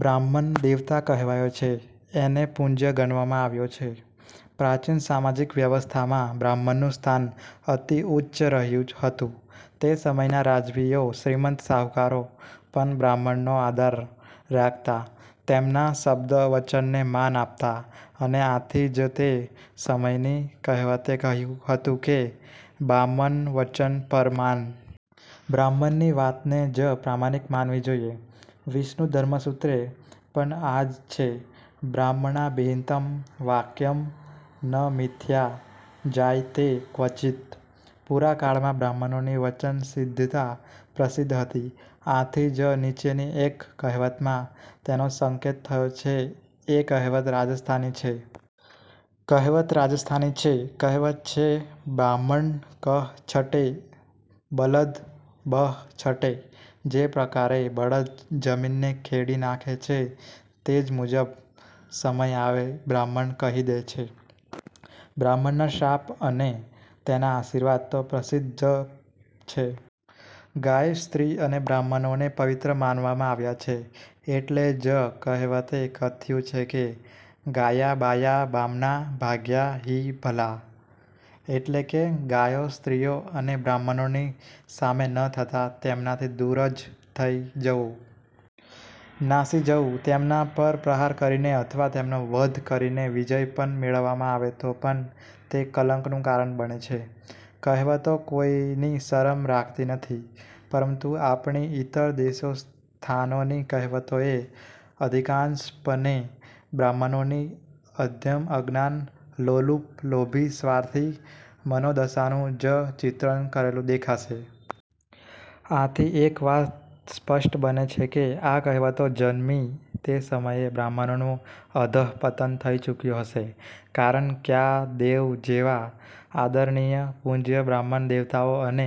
બ્રાહ્મણ દેવતા કહેવાયો છે. એને પૂજ્ય ગણવામાં આવ્યો છે. પ્રાચીન સામાજિક વ્યવસ્થામાં બ્રાહ્મણનું સ્થાન અતિ ઉચ્ચ રહ્યું હતું. તે સમયના રાજવીઓ શ્રીમંત શાહુકારો પણ બ્રાહ્મણનો આદર રાખતાં. તેમના શબ્દ વચનને માન આપતાં. અને આથી જ તે સમયની કહેવતે કહ્યું હતું કે બામન વચન પરમાન. બ્રાહ્મણની વાતને જ પ્રામાણિક માનવી જોઈએ. વિષ્ણુ ધર્મસૂત્રે પણ આજ છે બ્રાહ્મણાભિહિતં વાક્યં ન મિથ્યા જાય તે ક્વચિત. પુરા કાળમાં બ્રાહ્મણોની વચનસિદ્ધતા પ્રસિદ્ધ હતી. આથી જ નીચેની એક કહેવતમાં તેનો સંકેત થયો છે એ કહેવત રાજસ્થાની છે. કહેવત રાજસ્થાની છે. કહેવત છે બામણ કહ છટૈ બલદ બહ છટૈ. જે પ્રકારે બળદ જમીનને ખેડી નાખે છે તે જ મુજબ સમય આવે બ્રાહ્મણ કહી દે છે. બ્રાહ્મણના શાપ અને તેના આશીર્વાદ તો પ્રસિદ્ધ જ છે. ગાય, સ્ત્રી અને બ્રાહ્મણોને પવિત્ર માનવામાં આવ્યા છે એટલે જ કહેવતે કથ્યું છે ગાયાં બાયાં બામણાં ભાગ્યાં હી ભલા. એટલે કે ગાયો સ્ત્રીઓ અને બ્રાહ્મણોની સામે ન થતાં તેમનાથી દૂર જ થઈ જવું. નાસી જવું. તેમના પર પ્રહાર કરીને અથવા તેમનો વધ કરીને વિજય પણ મેળવવામાં આવે તો પણ તે કલંકનું કારણ બને છે. કહેવતો કોઈની શરમ રાખતી નથી. પરંતુ આપણી ઈતર દેશો સ્થાનોની કહેવતોએ અધિકાંશ પણે બ્રાહ્મણોની અધમ–અજ્ઞાન–લોલુપ–લોભી–સ્વાર્થી મનોદશાનું જ ચિત્રણ કરેલું દેખાશે. આથી એક વાત સ્પષ્ટ બને છે કે આ કહેવતો જન્મી તે સમયે બ્રાહ્મણોનું અધ:પતન થઈ ચૂક્યું હશે કારણ, ક્યાં દેવ જેવા આદરણીય પૂજ્ય બ્રાહ્મણ દેવતાઓ અને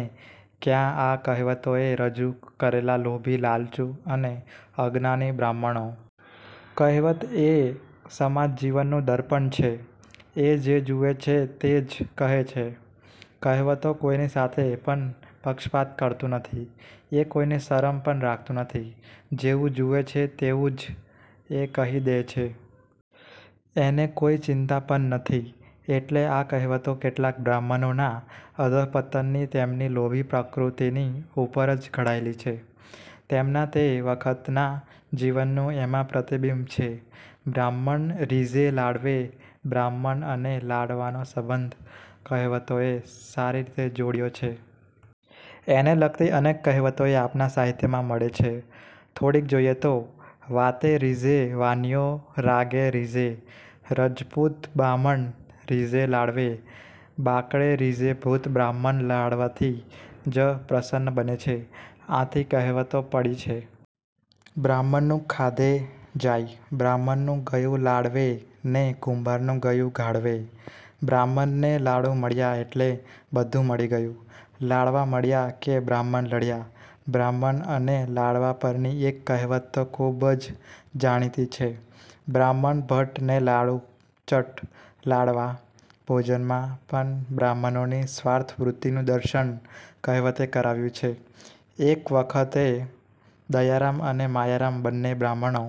ક્યાં આ કહેવતોએ રજુ કરેલા લોભી–લાલચુ અને અજ્ઞાની બાહ્મણો. કહેવત એ સમાજ જીવનનું દર્પણ છે. એ જે જુએ છે તે જ કહે છે. કહેવતો કોઈની સાથે પણ પક્ષપાત કરતું નથી. એ કોઈની શરમ પણ રાખતું નથી. જેવું જુએ છે તેવું જ એ કહી દે છે. એને કોઈ ચિંતા પણ નથી. એટલે આ કહેવતો કેટલાક બ્રાહ્મણોના અધ:પતનની તેમની લોભી પ્રકૃતિની ઉપર જ ઘડાયલી છે. તેમના તે વખતના જીવનનું એમાં પ્રતિબિંબ છે. બ્રાહ્મણ રીઝે લાડવે બ્રાહ્મણ અને લાડવાનો સંબંધ કહેવતોએ સારી રીતે જોડ્યો છે. એને લગતી અનેક કહેવતોએ આપણા સાહિત્યમાં મળે છે. થોડીક જોઈએ તો. વાતે રીઝે વાણીઓ રાગે રીઝે રજપૂત બામણ રીઝે લાડવે, બાકળે રીઝે ભૂત બ્રાહ્મણ લાડવાથી જ પ્રસન્ન બને છે. આથી કહેવતો પડી છે - 'બ્રાહ્મણનું ખાધે જાય' 'બ્રાહ્મણનું ગયું લાડવે ને કુંભારનું ગયું ઘાડવે,'બ્રાહ્મણને લાડુ મળ્યા એટલે બધું મળી ગયું' 'લાડવા મળ્યા કે બ્રાહ્મણ લળ્યા' બ્રાહ્મણ અને લાડવા પરની એક કહેવત તો ખૂબ જ જાણીતી છે – 'બ્રાહ્મણ ભટ્ટ ને લાડુ ચટ્ટ' લાડવા– ભોજનમાં પણ બ્રાહ્મણોની સ્વાર્થવૃત્તિનું દર્શન કહેવતે કરાવ્યું છે. એક વખતે દયારામ અને માયારામ બન્ને બ્રાહ્મણો